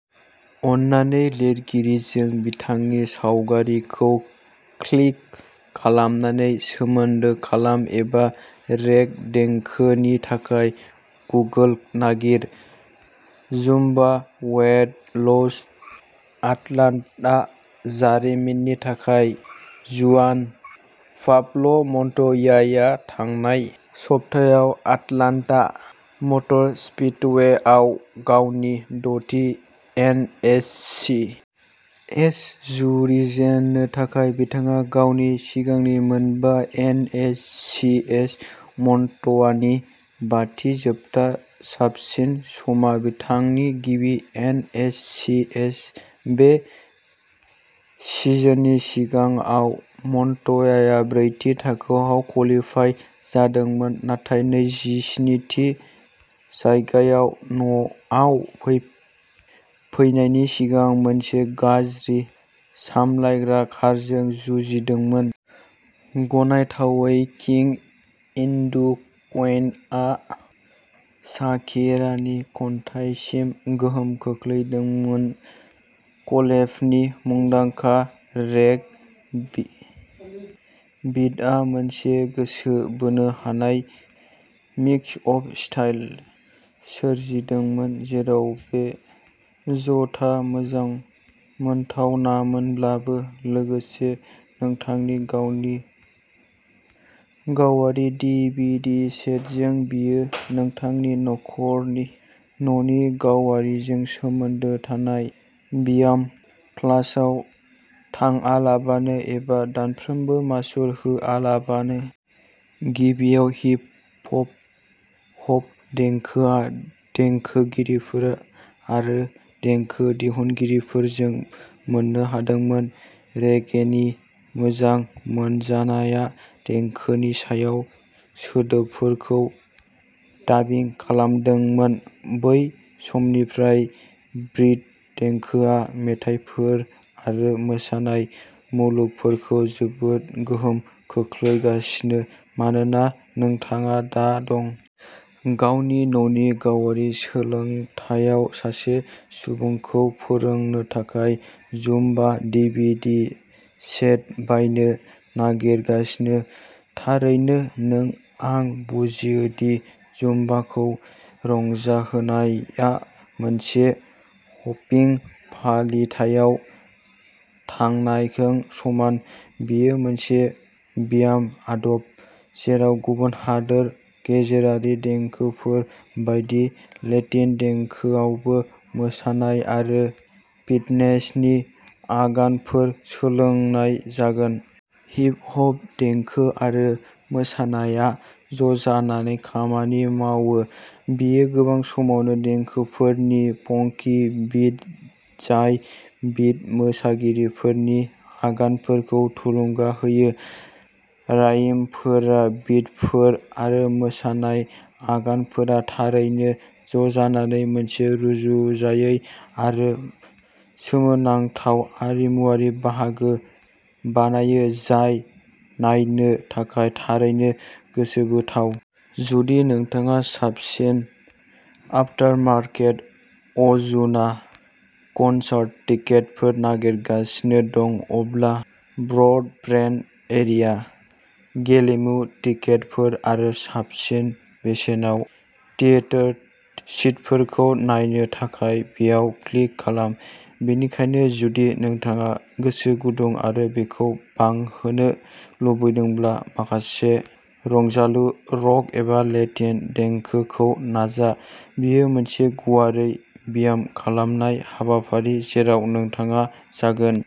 अन्नानै लिरगिरिजों बिथांनि सावगारिखौ क्लिक खालामनानै सोमोन्दो खालाम एबा "रेगे देंखो" नि थाखाय गुगोल नागिर। जुम्बा वेट लस आटलान्टा जारिमिननि थाखाय जुआन पाब्ल'मन्ट'याया थांनाय सप्तायाव आटलान्टा मटर स्पीडवेआव गावनि द'थि एन. एस. सि. एस. जुरिजेननो थाखाय बिथाङा गावनि सिगांनि मोनबा एन. एस. सि. एस. मन्ट'यानि बाथि जोबथा साबसिन समा बिथांनि गिबि एन. एस. सि. एस. बे सिजननि सिगाङाव मन्ट'याया ब्रैथि थाखोआव क्वालिफाइ जादोंमोन नाथाय नैजिस्नि थि जायगायाव न'आव फैनायनि सिगां मोनसे गाज्रि-सामलायग्रा कारजों जुजिदोंमोन। गनायथावै, "किं एन्डु कुइन" आ शाकिरानि खन्थाइसिम गोहोम खोख्लैदोंमोन। क्लेफनि मुंदांखा रेगे बिटआ मोनसे गोसो बोनो हानाय मिक्स अफ स्टाइल सोरजिदोंमोन, जेराव बे ज'था मोजां मोनथावनामोनब्लाबो। लोगोसे, नोंथांनि गावनि गावारि डीवीडी सेटजों बेयो नोंथांनि नख'रनि न'नि गावारिजों सोमोन्दो थानाय ब्याम, क्लासआव थांआलाबानो, एबा दानफ्रोमबो मासुल होआलाबानो -- गिबियाव, हिप फप हप देंखोआ देंखोगिरिफोर आरो देंखो दिहुनगिरिफोरजों मोन्नो हादोंमोन, रेगेनि मोजां मोनजानाया देंखोनि सायाव सोदोबफोरखौ डाबिं खालामदोंमोन। बै समनिफ्राय बीट देंखोआ मेथाइफोर आरो मोसानाय मुलुगफोरखौ जोबोद गोहोम खोख्लैगासिनो मानोना नोंथाङा दा दं। गावनि न'नि गावारि सोलोंथायाव सासे सुबुंखौ फोरोंनो थाखाय जुम्बा डिभिडि सेट बायनो नागिरगासिनो थारैनो नों आं बुजियो दि जुम्बाखौ रंजाहोनाया मोनसे हपिं फालिथायाव थांनायजों समान। बेयो मोनसे ब्याम आदब जेराव गुबुन हादोर गेजेरारि देंखोफोर बायदि लेटिन देंखोआवबो मोसानाय आरो फिटनेसनि आगानफोर सोलोंनाय जागोन। हिप हप देंखो आरो मोसानाया ज'जानानै खामानि मावो। बेयो गोबां समावनो देंखोफोरनि फंकी बीट जाय बीट मोसागिरिफोरनि आगानफोरखौ थुलुंगा होयो। रायिमफोर, बिटफोर आरो मोसानाय आगानफोरा थारैनो ज'जानानै मोनसे रुजुजायै आरो सोमोनांथाव आरिमुआरि बाहागो बानायो जाय नायनो थाखाय थारैनो गोसोबोथाव। जुदि नोंथाङा साबसिन आफटारमार्केट अजुना कनसार्ट टिकेटफोर नागिरगासिनो दं, अब्ला ब्रडबेन्ट एरिया गेलेमु टिकेटफोर आरो साबसिन बेसेनाव थियेटार सिटफोरखौ नायनो थाखाय बेयाव क्लिक खालाम। बेनिखायनो, जुदि नोंथाङा गोसो गुदुं आरो बेखौ बांहोनो लुबैदोंब्ला, माखासे रंजालु रक एबा लेटिन देंखोखौ नाजा। बेयो मोनसे गुवारै ब्याम खालामनाय हाबाफारि जेराव नोंथाङा जागोन।